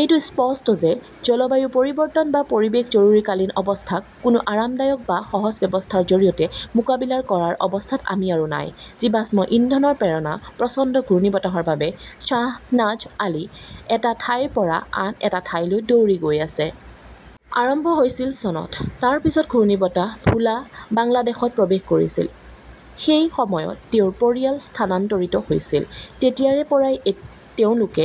এইটো স্পষ্ট যে জলবায়ু পৰিৱৰ্তন বা পৰিৱেশ জৰুৰীকালীন অৱস্থাক কোনো আৰামদায়ক বা সহজ ব্যৱস্থাৰ জৰিয়তে মোকাবিলা কৰাৰ অৱস্থাত আমি আৰু নাই। জীৱাশ্ম ইন্ধনৰ প্ৰেৰণা প্ৰচণ্ড ঘূৰ্ণীবতাহৰ বাবে শ্বাহনাজ আলী এটা ঠাইৰ পৰা আন এটা ঠাইলৈ দৌৰি গৈ আছে। আৰম্ভ হৈছিল চনত। তাৰ পিছত ঘূৰ্ণীবতাহ ভোলা বাংলাদেশত প্ৰৱেশ কৰিছিল। সেই সময়ত তেওঁৰ পৰিয়াল স্থানান্তৰিত হৈছিল। তেতিয়াৰ পৰাই তেওঁলোকে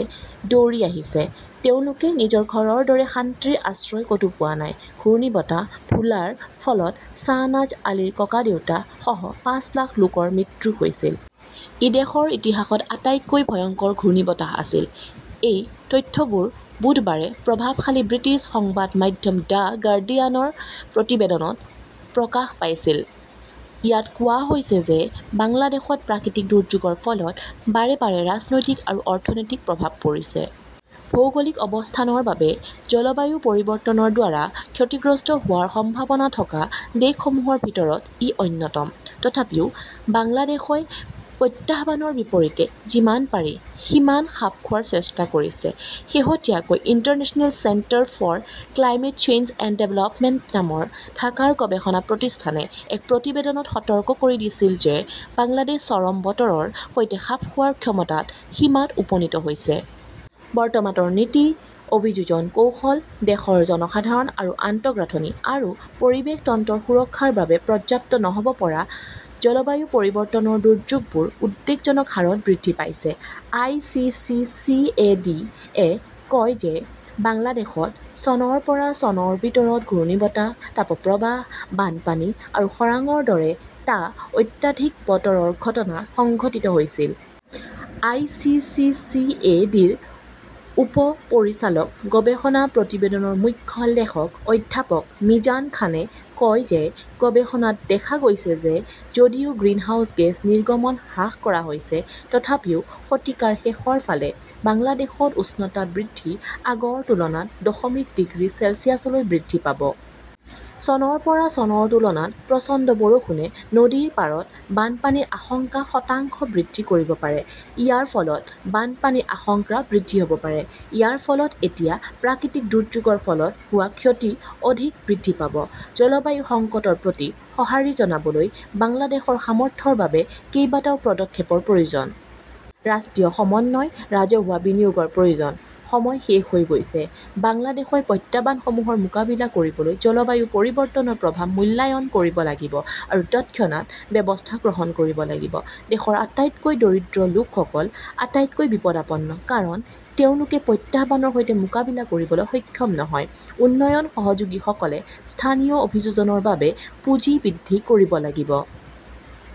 দৌৰি আহিছে; তেওঁলোকে নিজৰ ঘৰৰ দৰে শান্তিৰ আশ্ৰয় ক "তো পোৱা নাই। ঘূৰ্ণীবতাহ ভোলাৰ ফলত শ্বাহনাজ আলীৰ ককাদেউতা সহ পাঁচ লাখ লোকৰ মৃত্যু হৈছিল। ই দেশৰ ইতিহাসত আটাইতকৈ ভয়ংকৰ ঘূৰ্ণীবতাহ আছিল। এই তথ্যবোৰ বুধবাৰে প্ৰভাৱশালী ব্ৰিটিছ সংবাদ মাধ্যম দ্য গাৰ্ডিয়ানৰ প্ৰতিবেদনত প্ৰকাশ পাইছিল। ইয়াত কোৱা হৈছে যে বাংলাদেশত প্ৰাকৃতিক দুৰ্যোগৰ ফলত বাৰে বাৰে ৰাজনৈতিক আৰু অৰ্থনৈতিক প্ৰভাৱ পৰিছে। ভৌগোলিক অৱস্থানৰ বাবে জলবায়ু পৰিৱৰ্তনৰ দ্বাৰা ক্ষতিগ্ৰস্ত হোৱাৰ সম্ভাৱনা থকা দেশসমূহৰ ভিতৰত ই অন্যতম। তথাপিও বাংলাদেশই প্ৰত্যাহ্বানৰ বিপৰীতে যিমান পাৰি সিমান খাপ খোৱাৰ চেষ্টা কৰিছে। শেহতীয়াকৈ, International Centre for Climate Change and Development নামৰ ঢাকাৰ গৱেষণা প্ৰতিষ্ঠানে এক প্ৰতিবেদনত সতৰ্ক কৰি দিছিল যে বাংলাদেশ চৰম বতৰৰ সৈতে খাপ খোৱাৰ ক্ষমতাৰ সীমাত উপনীত হৈছে। বৰ্তমানৰ নীতি, অভিযোজন কৌশল দেশৰ জনসাধাৰণ আৰু আন্তঃগাঁথনি আৰু পৰিৱেশ তন্ত্ৰৰ সুৰক্ষাৰ বাবে পৰ্যাপ্ত নহ 'ব পৰা জলবায়ু পৰিৱৰ্তনৰ দুৰ্যোগবোৰ উদ্বেগজনক হাৰত বৃদ্ধি পাইছে। I. C. C. C. A. D. -য়ে কয় যে বাংলাদেশত চনৰ পৰা চনৰ ভিতৰত ঘূৰ্ণীবতাহ, তাপপ্ৰবাহ, বানপানী আৰু খৰাংৰ দৰে টা অত্যাধিক বতৰৰ ঘটনা সংঘটিত হৈছিল। I. C. C. C. A. D. -ৰ উপ-পৰিচালক গৱেষণা প্ৰতিবেদনৰ মুখ্য লেখক অধ্যাপক মিজান খানে কয় যে গৱেষণাত দেখা গৈছে যে যদিও গ্ৰিনহাউজ গেছ নিৰ্গমন হ্ৰাস কৰা হৈছে, তথাপিও শতিকাৰ শেষৰ ফালে বাংলাদেশত উষ্ণতা বৃদ্ধি আগৰ তুলনাত দশমিক ডিগ্ৰী চেলছিয়াছলৈ বৃদ্ধি পাব। চনৰ পৰা চনৰ তুলনাত প্ৰচণ্ড বৰষুণে নদীৰ পাৰত বানপানীৰ আশংকা শতাংশ বৃদ্ধি কৰিব পাৰে। ইয়াৰ ফলত বানপানীৰ আশংকা বৃদ্ধি পাব। ইয়াৰ ফলত এতিয়া প্ৰাকৃতিক দুৰ্যোগৰ ফলত হোৱা ক্ষতি অধিক বৃদ্ধি পাব। জলবায়ু সংকটৰ প্ৰতি সঁহাৰি জনাবলৈ বাংলাদেশৰ সামৰ্থ্যৰ বাবে কেইবাটাও পদক্ষেপৰ প্ৰয়োজন। ৰাষ্ট্ৰীয় সমন্বয়, ৰাজহুৱা বিনিয়োগৰ প্ৰয়োজন। সময় শেষ হৈ গৈছে। বাংলাদেশই প্ৰত্যাহ্বানসমূহৰ মোকাবিলা কৰিবলৈ জলবায়ু পৰিৱৰ্তনৰ প্ৰভাৱ মূল্যায়ন কৰিব লাগিব আৰু তৎক্ষণাত ব্যৱস্থা গ্ৰহণ কৰিব লাগিব। দেশৰ আটাইতকৈ দৰিদ্ৰ লোকসকল আটাইতকৈ বিপদাপন্ন। কাৰণ, তেওঁলোকে প্ৰত্যাহ্বানৰ সৈতে মোকাবিলা কৰিবলৈ সক্ষম নহয়। উন্নয়ন সহযোগীসকলে স্থানীয় অভিযোজনৰ বাবে পুঁজি বৃদ্ধি কৰিব লাগিব।